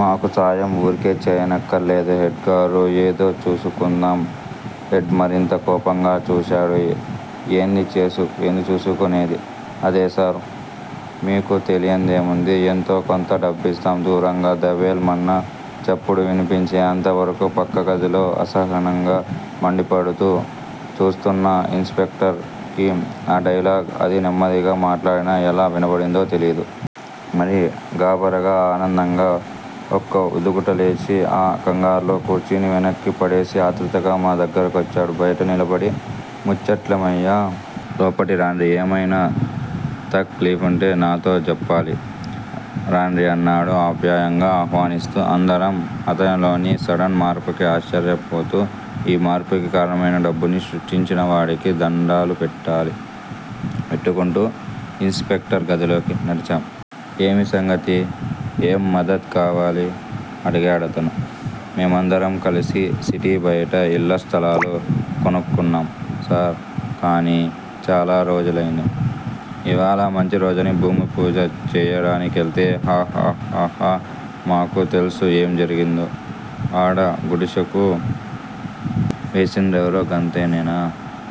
మాకు సహాయం వూరికే చేయనక్కర్లేదు హెడ్ గారూ! ఏదో చూసుకుందాం హెడ్ మరింత కోపంగా చూశాడు. ఏంది చూసుకునేది. అదేసార్! మీకు తెలీందేముంది? ఎంతోకొంత డబ్బిస్తాం దూరంగా దభేల్ మన్న చప్పుడు వినిపించింది. అంతవరకూ పక్కగదిలో అసహనంగా, మండిపడుతూ చూస్తోన్న ఇన్ స్పెక్టర్ కి ఆ డైలాగ్ అంత నెమ్మదిగా మాట్లాడినా ఎలా వినబడిందో తెలీదు. మరి! గాబరాగా, ఆనందంగా ఒక్క ఉదుటున లేచి ఆ కంగారులో కుర్చీని వెనక్కు పడేసి ఆత్రుతగా మా దగ్గర కొచ్చాడు. బయట నిలబడి ముచ్చట్లేమయ్యా! లోపటరాండ్రి, ఏమైనా తక్ లీఫుంటే నాతో జెప్పాలె! రాండ్రి అన్నాడు ఆప్యాయంగా ఆహ్వానిస్తూ. అందరం అతనిలోని సడెన్ మార్పుకి ఆశ్చర్యపోతూ, ఈ మార్పుకి కారణమైన డబ్బుని సృష్టించినవాడికి దణ్ణాలు పెట్టుకుంటూ ఇన్ స్పెక్టర్ గదిలోకి నడిచాం. ఏమి సంగతి? ఏం మదద్ కావాలి? అడిగాడతను. మేమందరం కలిసి సిటీ బయట ఇళ్ళస్థలాలు కొనుక్కున్నాం సార్! కొని చాలా రోజులైంది. ఇవాళ మంచిరోజుని భూమిపూజ చేయడానికెళ్తే హ్హహ్హహ్హహ్హ! మాకు తెల్సు ఏం జరిగిందో! ఆడ గుడిశెళు వేసిన్రెవరో గంతనేనా?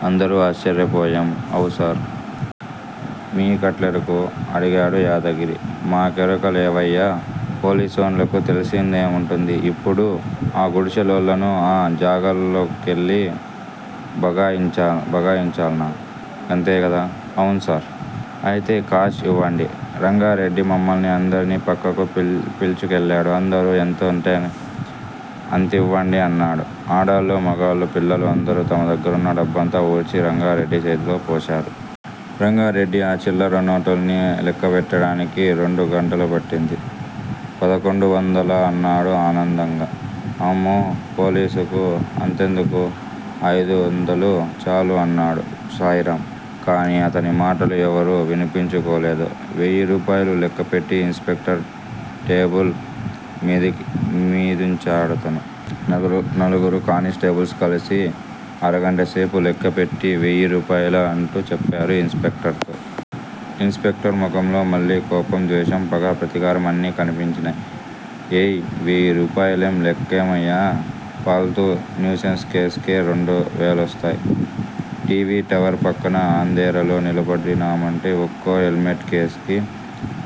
అందరూ ఆశ్చర్యపోయాం. అవ్ సార్! మీ కెట్లెరుక? అడిగాడు యాదగిరి. మాకెరుక లేవయ్యా! పోలీసోండ్లకు తెలిసిందేముంటది? ఇప్పుడు ఆగుడిశె లోళ్ళను ఆ జాగల్లోకెళ్ళి భగాయించాల్న. గంతేగదా! అవున్సార్! అయితే కాష్ ఇవ్వండి! రంగారెడ్డి మమ్మల్ని అందరినీ పక్కకు పిల్చుకెళ్ళాడు. అందరూ ఎంతుంటే అంతివ్వండి అన్నాడు. ఆడాళ్ళూ, మగాళ్ళూ, పిల్లలూ అందరూ తమ దగ్గరున్న డబ్బంతా ఊడ్చి రంగారెడ్డి చేతిలో పోశారు. రంగారెడ్డి ఆ చిల్లర నోట్లన్నీ లెక్కబెట్టడానికి రెండు గంటలుపట్టింది. పదకొండు వందలు అన్నాడు ఆనందంగా. అమ్మో! పోలీసులకు అంతెందుకు? అయిదొందలు చాలు అన్నాడు శాయిరామ్. కానీ అతని మాటలు ఎవరూ వినిపించుకోలేదు. వెయ్యి రూపాయలు లెక్కపెట్టి ఇన్ స్పెక్టర్ టేబుల్ మీదుంచాడతను. నలుగురు కానిస్టేబుల్స్ కలిసి అరగంటసేపు లెక్కపెట్టి వేయిరూపాయలు అంటూ చెప్పారు ఇన్ స్పెక్టర్ తో. ఇన్ స్పెక్టర్ మొఖంలో మళ్ళీ కోపం, ద్వేషం, పగ, ప్రతీకారం అన్నీ కనిపించినాయ్. ఏయ్! వెయ్యి రూపాయలేం లెక్కవయ్యా! ఫాల్తూ న్యూసెన్స్ కేస్ కే రెండు వేలిస్తారు! టీవీ టవర్ పక్కన అంధేరాలో నిలబడినామంటే ఒక్కో హెల్మెట్ కేస్కి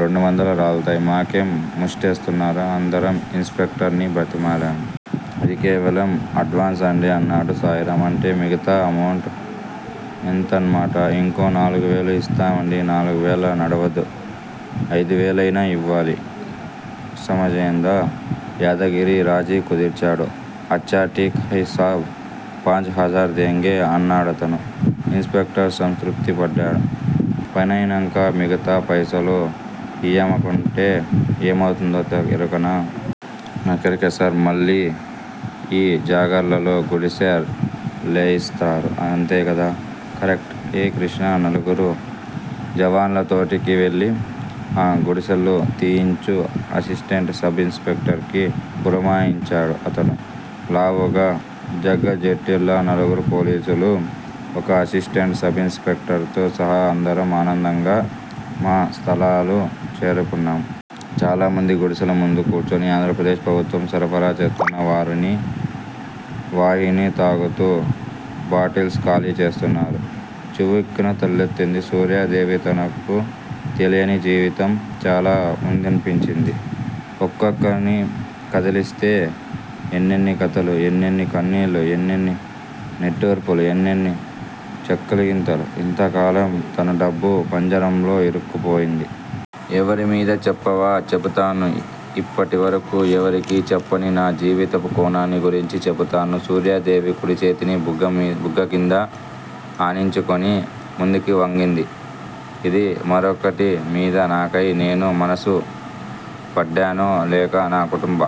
రెండొందలు రాల్తయ్! మాకేం ముష్టిస్తున్రా? అందరం ఇన్ స్పెక్టర్ ని బ్రతిమాలాము. ఇది కేవలం అడ్వాన్సండీ అన్నాడు శాయిరాం. అంటే మిగతా ఎమౌంట్ ఎంతన్నమాట? ఇంకో నాలుగువేలు ఇస్తామండీ! నాల్గువేలా? నడవదు. అయిదువేలయినా ఇయ్యాలె! సమజయిందా? యాదగిరి రాజీ కుదిర్చాడు. అచ్చా! ఠీక్ హై సాబ్! పాంచ్ హజార్ దేంగే! అన్నాడతను. ఇన్ స్పెక్టర్ సంతృప్తి పడ్డాడు. పనయినాంక మిగతా పైసలు ఇయ్యకుంటే ఏమౌతదో ఎరుకనా? నాకెరుకే సార్! మళ్ళీ మా జాగాల్లో గుడిసె లేయిస్తారు గంతనే కదా! కరెక్ట్! ఏయ్ కృష్ణా! నలుగురు జవాన్లతోటి వెళ్ళి ఆ గుడిసెళు తీయించు అసిస్టెంట్ సబిన్ స్పెక్టర్ కి పురమాయించాడు అతను. లావుగా, జగజ్జెట్టీల్లా నలుగురు పోలీసులు. ఒక అసిస్టెంట్ సబిన్ స్పెక్టర్ తో సహా అందరం ఆనందంగా మా స్థలాలు చేరుకున్నాం! చాలామంది గుడిసెల ముందు కూర్చుని ఆంధ్రప్రదేశ్ ప్రభుత్వం సరఫరా చేస్తున్న వారుని వాహిని తాగుతూ, బాటిల్స్ ఖాళీ చేస్తున్నారు. చివుక్కున తలెత్తింది సూర్యాదేవి. తనకు తెలియని జీవితం చాలా వుందనిపించింది. ఒక్కొక్కర్ని కదిలిస్తే ఎన్నెన్ని కథలు, ఎన్నెన్ని కన్నీళ్ళు, ఎన్నెన్ని నిట్టూర్పులు, ఎన్నెన్ని చక్కలిగింతలు. ఇంతకాలం తను డబ్బు పంజరంలో ఇరుక్కుపోయింది. ఎవరిమీద? చెప్పవా? చెబుతాను ఇప్పటివరకు ఎవరికీ చెప్పని నా జీవితపు కోణాన్ని గురించి చెబుతాను సూర్యాదేవి కుడిచేతిని బుగ్గకింద ఆనించుకుని ముందుకి వంగింది. ఇది మరొకటి మీద నాకై నేను మనసు పడ్డానో, లేక నా కుటుంబ